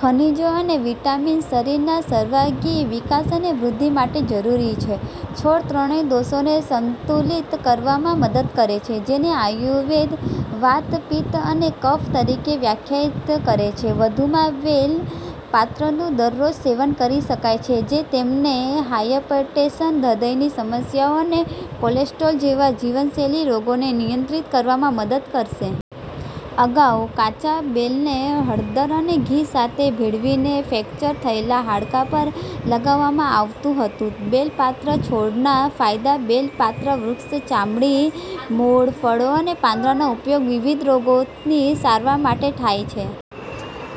ખનિજો અને વિટામિન્સ શરીરના સર્વાંગી વિકાસ અને વૃદ્ધિ માટે જરૂરી છે. છોડ ત્રણેય દોષોને સંતુલિત કરવામાં મદદ કરે છે, જેને આયુર્વેદ વાત, પિત્ત અને કફ તરીકે વ્યાખ્યાયિત કરે છે. વધુમાં, બેલ પાત્રનું દરરોજ સેવન કરી શકાય છે, જે તમને હાયપરટેન્શન, હૃદયની સમસ્યાઓ અને કોલેસ્ટ્રોલ જેવા જીવનશૈલી રોગોને નિયંત્રિત કરવામાં મદદ કરશે. અગાઉ, કાચા બેલને હળદર અને ઘી સાથે ભેળવીને ફ્રેક્ચર થયેલા હાડકાં પર લગાવવામાં આવતું હતું. બેલ પાત્રા છોડના ફાયદા બેલ પાત્રા વૃક્ષની ચામડી, મૂળ, ફળો અને પાંદડાંનો ઉપયોગ વિવિધ રોગોની સારવાર માટે થાય છે.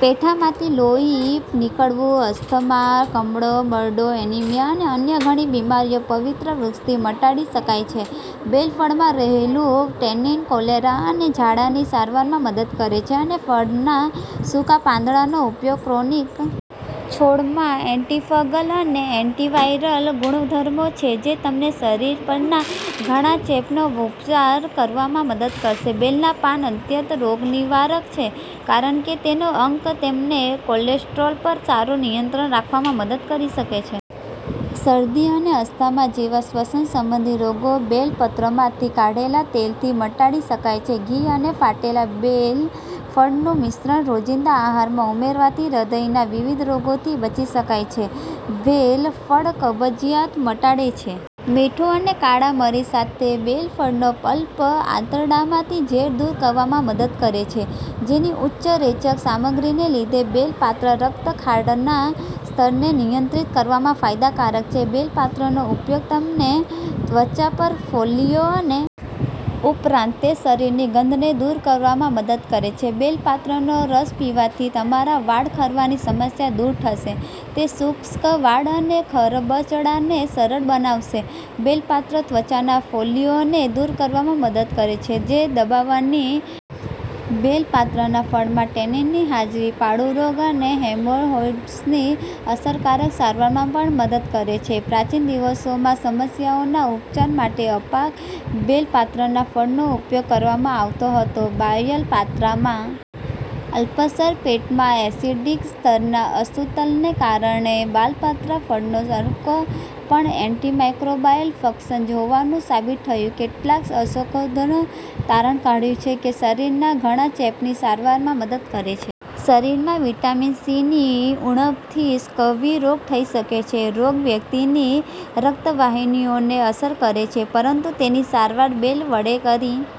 પેઢામાંથી લોહી નીકળવું, અસ્થમા, કમળો, મરડો, એનિમિયા અને અન્ય ઘણી બીમારીઓ પવિત્ર વૃક્ષથી મટાડી શકાય છે. બેલ ફળમાં રહેલું ટેનીન કોલેરા અને ઝાડાની સારવારમાં મદદ કરે છે અને ફળના સૂકા પાવડરનો ઉપયોગ ક્રોનિક ઝાડાની સારવાર માટે થાય છે. છોડમાં એન્ટિફંગલ અને એન્ટિવાયરલ ગુણધર્મો છે જે તમને શરીર પરના ઘણા ચેપનો ઉપચાર કરવામાં મદદ કરશે. બેલના પાન અત્યંત રોગનિવારક છે કારણ કે તેનો અર્ક તમને કોલેસ્ટ્રોલ પર સારો નિયંત્રણ રાખવામાં મદદ કરી શકે છે. શરદી અને અસ્થમા જેવા શ્વસન સંબંધી રોગો બેલ પત્રમાંથી કાઢેલા તેલથી મટાડી શકાય છે. ઘી અને ફાટેલા બેલ ફળનું મિશ્રણ રોજિંદા આહારમાં ઉમેરવાથી હૃદયના વિવિધ રોગોથી બચી શકાય છે. બેલ ફળ કબજિયાત મટાડે છે. મીઠું અને કાળા મરી સાથે બેલ ફળનો પલ્પ આંતરડામાંથી ઝેર દૂર કરવામાં મદદ કરે છે. તેની ઉચ્ચ રેચક સામગ્રીને લીધે, બેલ પાત્રા રક્ત ખાંડના સ્તરને નિયંત્રિત કરવામાં ફાયદાકારક છે. બેલ પાત્રાનો ઉપયોગ તમને ત્વચા પર ફોલ્લીઓ અને વધુ પડતો પરસેવો દૂર કરવામાં મદદ કરી શકે છે. ઉપરાંત, તે શરીરની ગંધને દૂર કરવામાં મદદ કરે છે. બેલ પાત્રાનો રસ પીવાથી તમારા વાળ ખરવાની સમસ્યા દૂર થશે. તે શુષ્ક વાળ અને ખરબચડાને સરળ બનાવશે. બેલ પાત્રા ત્વચાના ફોલ્લીઓને દૂર કરવામાં મદદ કરે છે જે દવાની આડઅસરોને કારણે દેખાઈ શકે છે. બેલ પાત્રાના ફળમાં ટેનીનની હાજરી પાંડુરોગ અને હેમોરહોઇડ્સની અસરકારક સારવારમાં પણ મદદ કરે છે. પ્રાચીન દિવસોમાં, સમસ્યાઓના ઉપચાર માટે અપાક બેલ પાત્રના ફળનો ઉપયોગ કરવામાં આવતો હતો. બાયલ પાત્રામાં એન્ટી-ઓક્સિડન્ટ સંયોજનો પણ હોવાથી તે ગેસ્ટ્રિક અલ્સર સામે લડવામાં પણ મદદ કરે છે. અલ્સર પેટમાં એસિડિક સ્તરના અસંતુલનને કારણે થાય છે. બાલ પાત્રા ફળનો અર્ક પણ એન્ટિમાઇક્રોબાયલ ફંક્શન્સ હોવાનું સાબિત થયું છે. કેટલાક સંશોધકોએ તારણ કાઢ્યું છે કે તે શરીરના ઘણા ચેપની સારવારમાં મદદ કરે છે. શરીરમાં વિટામિન સીની ઉણપથી સ્કર્વી રોગ થઈ શકે છે. રોગ વ્યક્તિની રક્તવાહિનીઓને અસર કરે છે પરંતુ તેની સારવાર બેલ વડે કરી